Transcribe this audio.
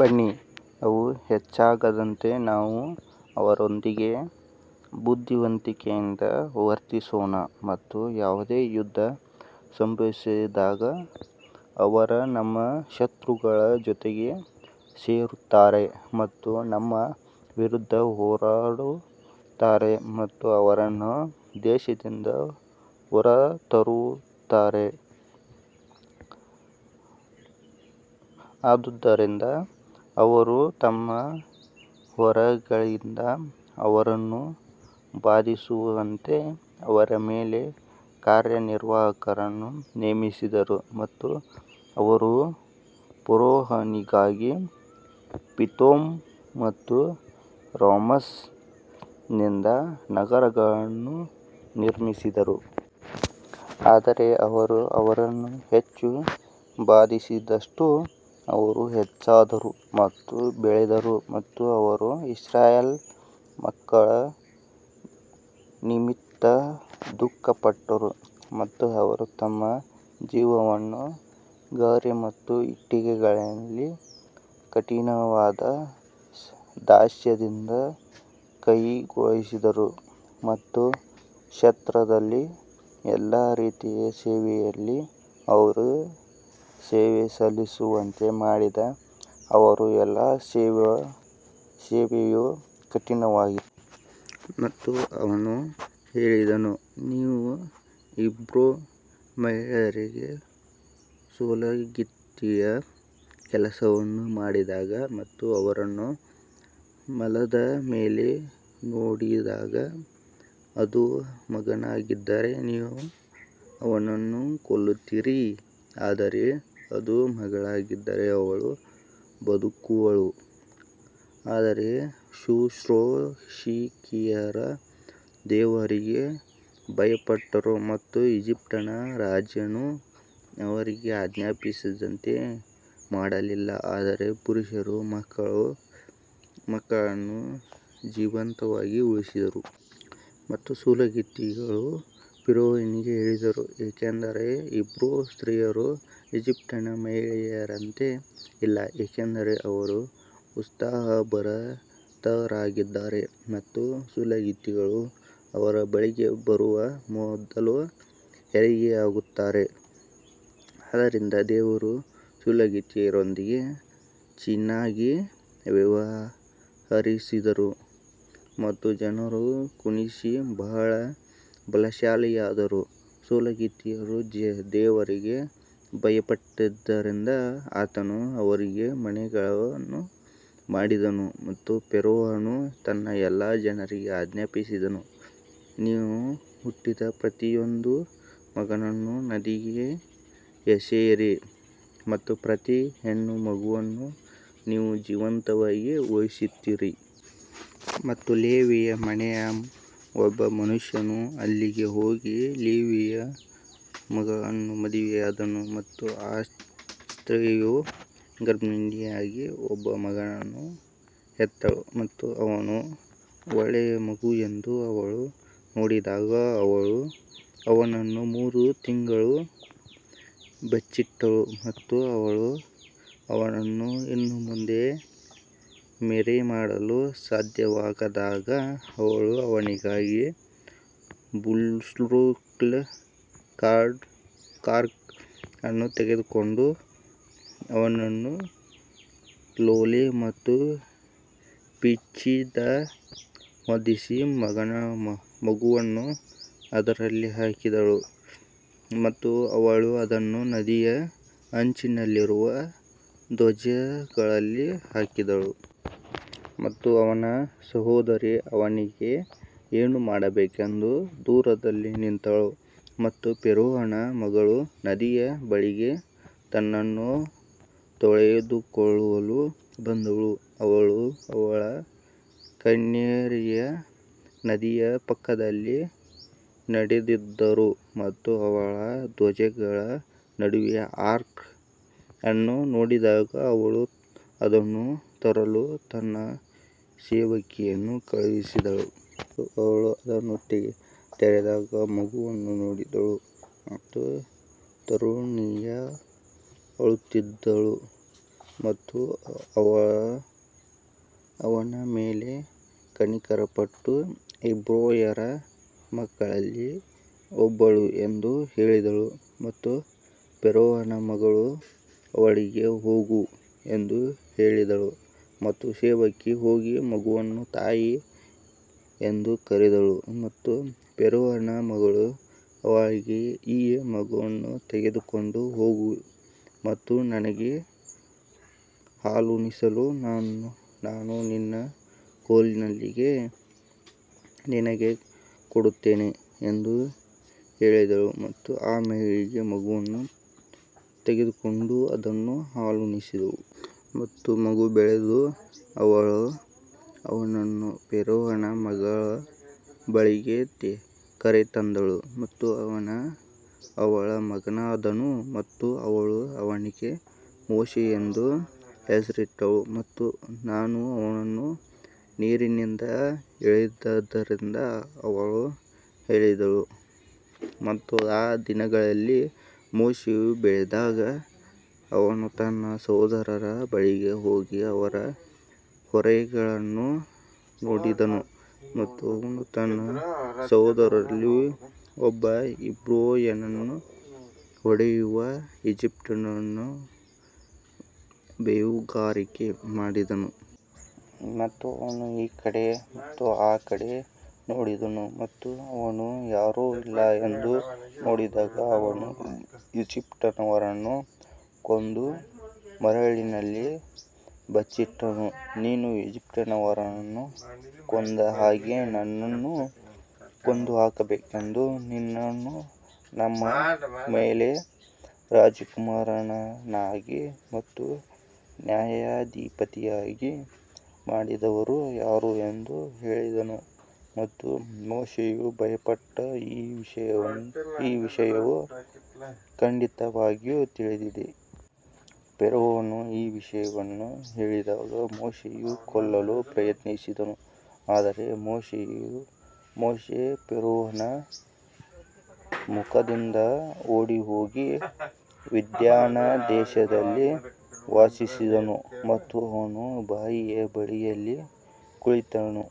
ಬನ್ನಿ ಅವು ಹೆಚ್ಚಾಗದಂತೆ ನಾವು ಅವರೊಂದಿಗೆ ಬುದ್ಧಿವಂತಿಕೆಯಿಂದ ವರ್ತಿಸೋಣ ಮತ್ತು ಯಾವುದೇ ಯುದ್ಧ ಸಂಭವಿಸಿದಾಗ ಅವರು ನಮ್ಮ ಶತ್ರುಗಳ ಜೊತೆಗೆ ಸೇರುತ್ತಾರೆ ಮತ್ತು ನಮ್ಮ ವಿರುದ್ಧ ಹೋರಾಡುತ್ತಾರೆ ಮತ್ತು ಅವರನ್ನು ದೇಶದಿಂದ ಹೊರತರುತ್ತಾರೆ. ಆದುದರಿಂದ ಅವರು ತಮ್ಮ ಹೊರೆಗಳಿಂದ ಅವರನ್ನು ಬಾಧಿಸುವಂತೆ ಅವರ ಮೇಲೆ ಕಾರ್ಯನಿರ್ವಾಹಕರನ್ನು ನೇಮಿಸಿದರು ಮತ್ತು ಅವರು ಫರೋಹನಿಗಾಗಿ ಪಿಥೋಮ್ ಮತ್ತು ರಾಮ್ಸೆಸ್ ನಿಧಿ ನಗರಗಳನ್ನು ನಿರ್ಮಿಸಿದರು. ಆದರೆ ಅವರು ಅವರನ್ನು ಹೆಚ್ಚು ಬಾಧಿಸಿದಷ್ಟೂ ಅವರು ಹೆಚ್ಚಾದರು ಮತ್ತು ಬೆಳೆದರು ಮತ್ತು ಅವರು ಇಸ್ರಾಯೇಲ್ ಮಕ್ಕಳ ನಿಮಿತ್ತ ದುಃಖಪಟ್ಟರು. ಮತ್ತು ಅವರು ತಮ್ಮ ಜೀವನವನ್ನು ಗಾರೆ ಮತ್ತು ಇಟ್ಟಿಗೆಗಳಲ್ಲಿ ಕಠಿಣವಾದ ದಾಸ್ಯದಿಂದ ಕಹಿಗೊಳಿಸಿದರು ಮತ್ತು ಕ್ಷೇತ್ರದಲ್ಲಿ ಎಲ್ಲಾ ರೀತಿಯ ಸೇವೆಯಲ್ಲಿ ಅವರು ಸೇವೆ ಸಲ್ಲಿಸುವಂತೆ ಮಾಡಿದ ಅವರ ಎಲ್ಲಾ ಸೇವೆಯು ಕಠಿಣವಾಗಿತ್ತು. ಮತ್ತು ಅವನು ಹೇಳಿದನು, ನೀವು ಹೀಬ್ರೂ ಮಹಿಳೆಯರಿಗೆ ಸೂಲಗಿತ್ತಿಯ ಕೆಲಸವನ್ನು ಮಾಡಿದಾಗ ಮತ್ತು ಅವರನ್ನು ಮಲದ ಮೇಲೆ ನೋಡಿದಾಗ ಅದು ಮಗನಾಗಿದ್ದರೆ ನೀವು ಅವನನ್ನು ಕೊಲ್ಲುತ್ತೀರಿ ಆದರೆ ಅದು ಮಗಳಾಗಿದ್ದರೆ ಅವಳು ಬದುಕುವಳು. ಆದರೆ ಶುಶ್ರೂಷಕಿಯರು ದೇವರಿಗೆ ಭಯಪಟ್ಟರು ಮತ್ತು ಈಜಿಪ್ಟಿನ ರಾಜನು ಅವರಿಗೆ ಆಜ್ಞಾಪಿಸಿದಂತೆ ಮಾಡಲಿಲ್ಲ ಆದರೆ ಪುರುಷರ ಮಕ್ಕಳನ್ನು ಜೀವಂತವಾಗಿ ಉಳಿಸಿದರು. ಮತ್ತು ಸೂಲಗಿತ್ತಿಗಳು ಫರೋಹನಿಗೆ ಹೇಳಿದರು ಏಕೆಂದರೆ ಹೀಬ್ರೂ ಸ್ತ್ರೀಯರು ಈಜಿಪ್ಟಿನ ಮಹಿಳೆಯರಂತೆ ಇಲ್ಲ ಏಕೆಂದರೆ ಅವರು ಉತ್ಸಾಹಭರಿತರಾಗಿದ್ದಾರೆ ಮತ್ತು ಸೂಲಗಿತ್ತಿಗಳು ಅವರ ಬಳಿಗೆ ಬರುವ ಮೊದಲು ಹೆರಿಗೆಯಾಗುತ್ತಾರೆ. ಆದುದರಿಂದ ದೇವರು ಸೂಲಗಿತ್ತಿಯರೊಂದಿಗೆ ಚೆನ್ನಾಗಿ ವ್ಯವಹರಿಸಿದನು ಮತ್ತು ಜನರು ಗುಣಿಸಿ ಬಹಳ ಬಲಶಾಲಿಯಾದರು ಸೂಲಗಿತ್ತಿಯರು ದೇವರಿಗೆ ಭಯಪಟ್ಟದ್ದರಿಂದ ಆತನು ಅವರಿಗೆ ಮನೆಗಳನ್ನು ಮಾಡಿದನು ಮತ್ತು ಫರೋಹನು ತನ್ನ ಎಲ್ಲಾ ಜನರಿಗೆ ಆಜ್ಞಾಪಿಸಿದನು, ನೀವು ಹುಟ್ಟಿದ ಪ್ರತಿಯೊಂದು ಮಗನನ್ನು ನದಿಗೆ ಎಸೆಯಿರಿ ಮತ್ತು ಪ್ರತಿ ಹೆಣ್ಣು ಮಗುವನ್ನು ನೀವು ಜೀವಂತವಾಗಿ ಉಳಿಸುತ್ತೀರಿ. ಮತ್ತು ಲೇವಿಯ ಮನೆಯ ಒಬ್ಬ ಮನುಷ್ಯನು ಅಲ್ಲಿಗೆ ಹೋಗಿ ಲೇವಿಯ ಮಗಳನ್ನು ಮದುವೆಯಾದನು ಮತ್ತು ಆ ಸ್ತ್ರೀಯು ಗರ್ಭಿಣಿಯಾಗಿ ಒಬ್ಬ ಮಗನನ್ನು ಹೆತ್ತಳು ಮತ್ತು ಅವನು ಒಳ್ಳೆಯ ಮಗು ಎಂದು ಅವಳು ನೋಡಿದಾಗ ಅವಳು ಅವನನ್ನು ಮೂರು ತಿಂಗಳು ಬಚ್ಚಿಟ್ಟಳು. ಮತ್ತು ಅವಳು ಅವನನ್ನು ಇನ್ನು ಮುಂದೆ ಮರೆಮಾಡಲು ಸಾಧ್ಯವಾಗದಿದ್ದಾಗ ಅವಳು ಅವನಿಗಾಗಿ ಬುಲ್ರಶ್ಗಳ ಆರ್ಕ್ ಅನ್ನು ತೆಗೆದುಕೊಂಡು ಅದನ್ನು ಲೋಳೆ ಮತ್ತು ಪಿಚ್ನಿಂದ ಹೊದಿಸಿ ಮಗುವನ್ನು ಅದರಲ್ಲಿ ಹಾಕಿದಳು ಮತ್ತು ಅವಳು ಅದನ್ನು ನದಿಯ ಅಂಚಿನಲ್ಲಿರುವ ಧ್ವಜಗಳಲ್ಲಿ ಹಾಕಿದಳು. ಮತ್ತು ಅವನ ಸಹೋದರಿ ಅವನಿಗೆ ಏನು ಮಾಡಬೇಕೆಂದು ದೂರದಲ್ಲಿ ನಿಂತಳು ಮತ್ತು ಫರೋಹನ ಮಗಳು ನದಿಯ ಬಳಿಗೆ ತನ್ನನ್ನು ತೊಳೆದುಕೊಳ್ಳಲು ಬಂದಳು ಮತ್ತು ಅವಳ ಕನ್ಯೆಯರು ನದಿಯ ಪಕ್ಕದಲ್ಲಿ ನಡೆದರು ಮತ್ತು ಅವಳು ಧ್ವಜಗಳ ನಡುವೆ ಆರ್ಕ್ ಅನ್ನು ನೋಡಿದಾಗ ಅವಳು ಅದನ್ನು ತರಲು ತನ್ನ ಸೇವಕಿಯನ್ನು ಕಳುಹಿಸಿದಳು. ಮತ್ತು ಅವಳು ಅದನ್ನು ತೆರೆದಾಗ ಮಗುವನ್ನು ನೋಡಿದಳು ಮತ್ತು ತರುಣಿಯು ಅಳುತ್ತಿದ್ದಳು ಮತ್ತು ಅವಳು ಅವನ ಮೇಲೆ ಕನಿಕರಪಟ್ಟು ಇಬ್ರಿಯರ ಮಕ್ಕಳಲ್ಲಿ ಒಬ್ಬಳು ಎಂದು ಹೇಳಿದಳು. ಮತ್ತು ಫರೋಹನ ಮಗಳು ಅವಳಿಗೆ ಹೋಗು ಎಂದು ಹೇಳಿದಳು ಮತ್ತು ಸೇವಕಿ ಹೋಗಿ ಮಗುವನ್ನು ತಾಯಿ ಎಂದು ಕರೆದಳು ಮತ್ತು ಫರೋಹನ ಮಗಳು ಅವಳಿಗೆ ಈ ಮಗುವನ್ನು ತೆಗೆದುಕೊಂಡು ಹೋಗು ಮತ್ತು ನನಗೆ ಹಾಲುಣಿಸಲು ನಾನು ನಿನ್ನ ಕೂಲಿಯನ್ನು ನಿನಗೆ ಕೊಡುತ್ತೇನೆ ಎಂದು ಹೇಳಿದಳು ಮತ್ತು ಆ ಮಹಿಳೆ ಮಗುವನ್ನು ತೆಗೆದುಕೊಂಡು ಅದನ್ನು ಹಾಲುಣಿಸಿದಳು. ಮತ್ತು ಮಗು ಬೆಳೆದು ಅವಳು ಅವನನ್ನು ಫರೋಹನ ಮಗಳ ಬಳಿಗೆ ಕರೆತಂದಳು ಮತ್ತು ಅವನು ಅವಳ ಮಗನಾದನು ಮತ್ತು ಅವಳು ಅವನಿಗೆ ಮೋಶೆ ಎಂದು ಹೆಸರಿಟ್ಟಳು ಮತ್ತು ನಾನು ಅವನನ್ನು ನೀರಿನಿಂದ ಎಳೆದಿದ್ದರಿಂದ ಅವಳು ಹೇಳಿದಳು. ಮತ್ತು ಆ ದಿನಗಳಲ್ಲಿ ಮೋಶೆಯು ಬೆಳೆದಾಗ ಅವನು ತನ್ನ ಸಹೋದರರ ಬಳಿಗೆ ಹೋಗಿ ಅವರ ಹೊರೆಗಳನ್ನು ನೋಡಿದನು ಮತ್ತು ಅವನು ತನ್ನ ಸಹೋದರರಲ್ಲಿ ಒಬ್ಬ ಇಬ್ರಿಯನನ್ನು ಹೊಡೆಯುವ ಈಜಿಪ್ಟಿನವನನ್ನು ಬೇಹುಗಾರಿಕೆ ಮಾಡಿದನು. ಮತ್ತು ಅವನು ಈ ಕಡೆ ಮತ್ತು ಆ ಕಡೆ ನೋಡಿದನು ಮತ್ತು ಅವನು ಯಾರೂ ಇಲ್ಲ ಎಂದು ನೋಡಿದಾಗ ಅವನು ಈಜಿಪ್ಟಿನವರನ್ನು ಕೊಂದು ಮರಳಿನಲ್ಲಿ ಬಚ್ಚಿಟ್ಟನು. ನೀನು ಈಜಿಪ್ಟಿನವನನ್ನು ಕೊಂದ ಹಾಗೆ ನನ್ನನ್ನೂ ಕೊಂದುಹಾಕಬೇಕೆಂದು ನಿನ್ನನ್ನು ನಮ್ಮ ಮೇಲೆ ರಾಜಕುಮಾರನನ್ನಾಗಿ ಮತ್ತು ನ್ಯಾಯಾಧಿಪತಿಯನ್ನಾಗಿ ಮಾಡಿದವರು ಯಾರು ಎಂದು ಹೇಳಿದನು ಮತ್ತು ಮೋಶೆಯು ಭಯಪಟ್ಟು ಈ ವಿಷಯವು ಖಂಡಿತವಾಗಿಯೂ ತಿಳಿದಿದೆ. ಫರೋಹನು ಈ ವಿಷಯವನ್ನು ಕೇಳಿದಾಗ ಮೋಶೆಯನ್ನು ಕೊಲ್ಲಲು ಪ್ರಯತ್ನಿಸಿದನು ಆದರೆ ಮೋಶೆ ಫರೋಹನ ಮುಖದಿಂದ ಓಡಿಹೋಗಿ ಮಿದ್ಯಾನ್ ದೇಶದಲ್ಲಿ ವಾಸಿಸಿದನು ಮತ್ತು ಅವನು ಬಾವಿಯ ಬಳಿಯಲ್ಲಿ ಕುಳಿತುಕೊಂಡನು.